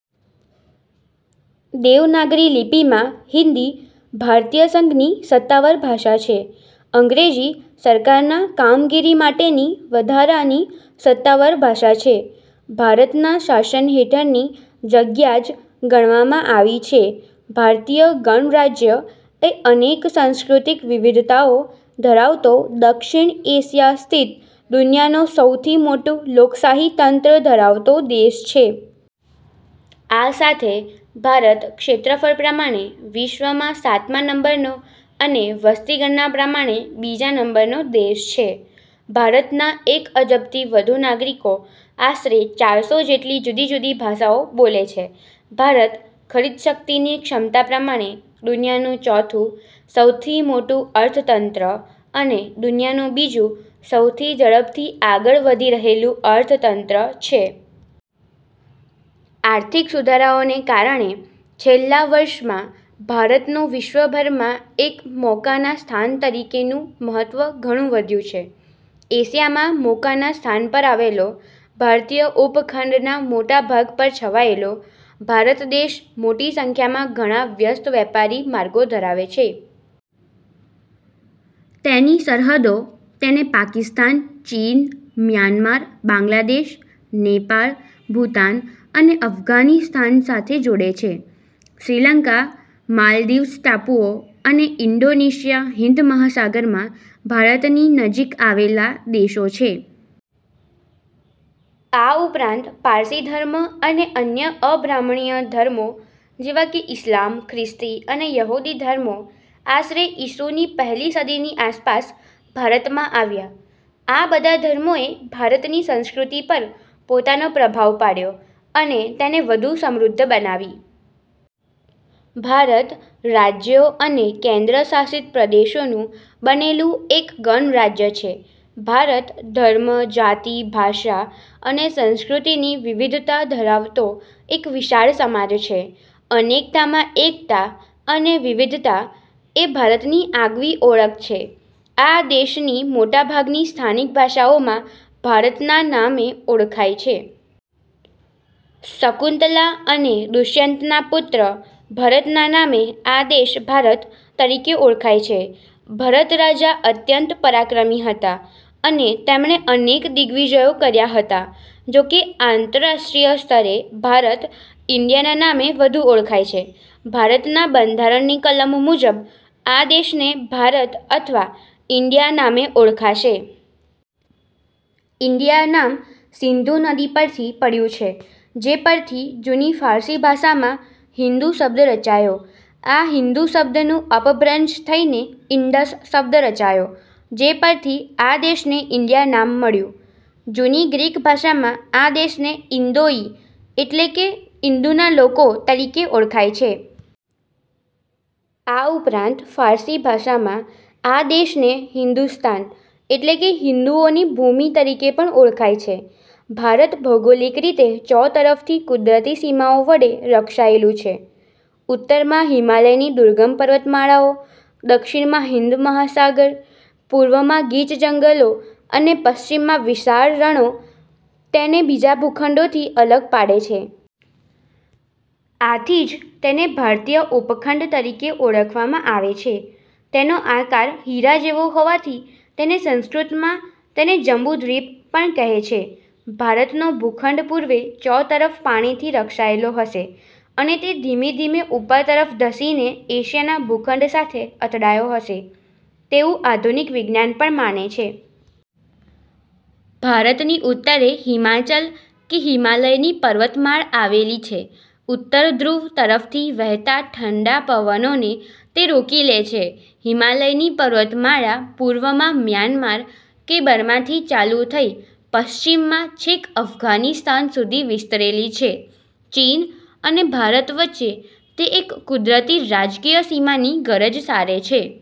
દેવનાગરી લિપિમાં હિન્દી ભારતીય સંઘની સત્તાવાર ભાષા છે. અંગ્રેજી સરકારના કામગીરી માટેની વધારાની સત્તાવાર ભાષા છે. ભારતના શાસન હેઠળની જગ્યા જ ગણવામાં આવી છે. ભારતીય ગણરાજ્ય એ અનેક સાંસ્કૃતિક વિવિધતાઓ ધરાવતો દક્ષિણ એશિયા સ્થિત દુનિયાનો સૌથી મોટું લોકશાહી તંત્ર ધરાવતો દેશ છે. આ સાથે ભારત ક્ષેત્રફળ પ્રમાણે વિશ્વમાં સાતમા નંબરનો અને વસ્તી ગણના પ્રમાણે બીજા નંબરનો દેશ છે. ભારતના એક અબજથી વધુ નાગરિકો આશરે ચારસો જેટલી જુદી-જુદી ભાષાઓ બોલે છે. ભારત, ખરીદશક્તિની ક્ષમતા પ્રમાણે દુનિયાનું ચોથું સૌથી મોટું અર્થતંત્ર, અને દુનિયાનું બીજું સૌથી ઝડપથી આગળ વધી રહેલું અર્થતંત્ર છે. આર્થિક સુધારાઓને કારણે છેલ્લા વર્ષમાં ભારતનું વિશ્વભરમાં એક મોકાના સ્થાન તરીકેનું મહત્વ ઘણું વધ્યું છે. એશિયામાં મોકાના સ્થાન પર આવેલો, ભારતીય ઉપખંડના મોટા ભાગ પર છવાયેલો, ભારત દેશ મોટી સંખ્યામાં ઘણા વ્યસ્ત વેપારી માર્ગો ધરાવે છે. તેની સરહદો તેને પાકિસ્તાન, ચીન, મ્યાનમાર, બાંગ્લાદેશ, નેપાળ, ભૂતાન, અને અફઘાનિસ્તાન સાથે જોડે છે. શ્રીલંકા, માલદીવ્સ ટાપુઓ અને ઇન્ડોનેશિયા, હિંદ મહાસાગરમાં ભારતની નજીક આવેલા દેશો છે. આ ઉપરાંત પારસી ધર્મ અને અન્ય અબ્રાહ્મણીય ધર્મો જેવાં કે ઇસ્લામ, ખ્રિસ્તી, અને યહૂદી ધર્મો આશરે ઇસુની પહેલી સદીની આસપાસ ભારતમાં આવ્યા. આ બધા ધર્મોએ ભારતની સંસ્કૃતિ પર પોતાનો પ્રભાવ પાડ્યો અને તેને વધુ સમૃદ્ધ બનાવી. ભારત રાજ્યો અને કેન્દ્રશાસિત પ્રદેશોનું બનેલું એક ગણરાજ્ય છે. ભારત ધર્મ, જાતિ, ભાષા અને સંસ્કૃતિની વિવિધતા ધરાવતો એક વિશાળ સમાજ છે. 'અનેકતામાં એકતા' અને વિવિધતા એ ભારતની આગવી ઓળખ છે. આ દેશની મોટાભાગની સ્થાનિકભાષાઓમાં ભારતના નામે ઓળખાય છે. શકુંતલા અને દુષ્યંતના પુત્ર ભરતના નામે આ દેશ ભારત તરીકે ઓળખાય છે. ભરત રાજા અત્યંત પરાક્રમી હતાં અને તેમણે અનેક દિગ્વિજયો કર્યા હતાં. જોકે આંતરાષ્ટ્રીય સ્તરે ભારત 'ઇન્ડિયા'ના નામે વધુ ઓળખાય છે. ભારતનાં બંધારણની કલમ મુજબ આ દેશને 'ભારત' અથવા 'ઇન્ડિયા' નામે ઓળખાશે. ઇન્ડિયા નામ 'સિંધુ' નદી પરથી પડ્યું છે, જે પરથી જૂની ફારસી ભાષામાં "હિન્દુ" શબ્દ રચાયો. આ હિન્દુ શબ્દનું અપભ્રંશ થઇને 'ઇન્ડસ' શબ્દ રચાયો, જે પરથી આ દેશને 'ઇન્ડિયા' નામ મળ્યું. જૂની ગ્રીક ભાષામાં આ દેશને 'ઇન્દોઇ' એટલે કે 'ઇન્દુના લોકો' તરીકે ઓળખાય છે. આ ઉપરાંત ફારસી ભાષામાં આ દેશને 'હિન્દુસ્તાન' એટલે કે 'હિન્દુઓની ભૂમિ' તરીકે પણ ઓળખાય છે. ભારત ભૌગોલિક રીતે ચોતરફથી કુદરતી સીમાઓ વડે રક્ષાયેલું છે. ઉત્તરમાં હિમાલયની દુર્ગમ પર્વતમાળાઓ, દક્ષિણમાં હિંદ મહાસાગર, પૂર્વમાં ગીચ જંગલો અને પશ્ચિમમાં વિશાળ રણો તેને બીજા ભૂખંડોથી અલગ પાડે છે. આથી જ તેને ભારતીય ઉપખંડ તરીકે ઓળખવામાં આવે છે. તેનો આકાર હીરા જેવો હોવાથી તેને સંસ્કૃતમાં તેને જંબુદ્વિપ પણ કહે છે. ભારતનો ભૂખંડ પૂર્વે ચોતરફ પાણી થી રક્ષાયેલો હશે અને તે ધીમે ધીમે ઉપર તરફ ધસીને એશિયાના ભૂખંડ સાથે અથડાયો હશે તેવું આધુનિક વિજ્ઞાન પણ માને છે. ભારતની ઉત્તરે હિમાચલ કે હિમાલયની પર્વતમાળ આવેલી છે. ઉત્તર ધ્રુવ તરફથી વહેતા ઠંડા પવનોને તે રોકી લે છે. હિમાલયની પર્વતમાળા પૂર્વમાં મ્યાનમાર કે બર્માથી ચાલુ થઇ પશ્ચિમમાં છેક અફઘાનિસ્તાન સુધી વિસ્તરેલી છે. ચીન અને ભારત વચ્ચે તે એક કુદરતી રાજકીય સીમાની ગરજ સારે છે.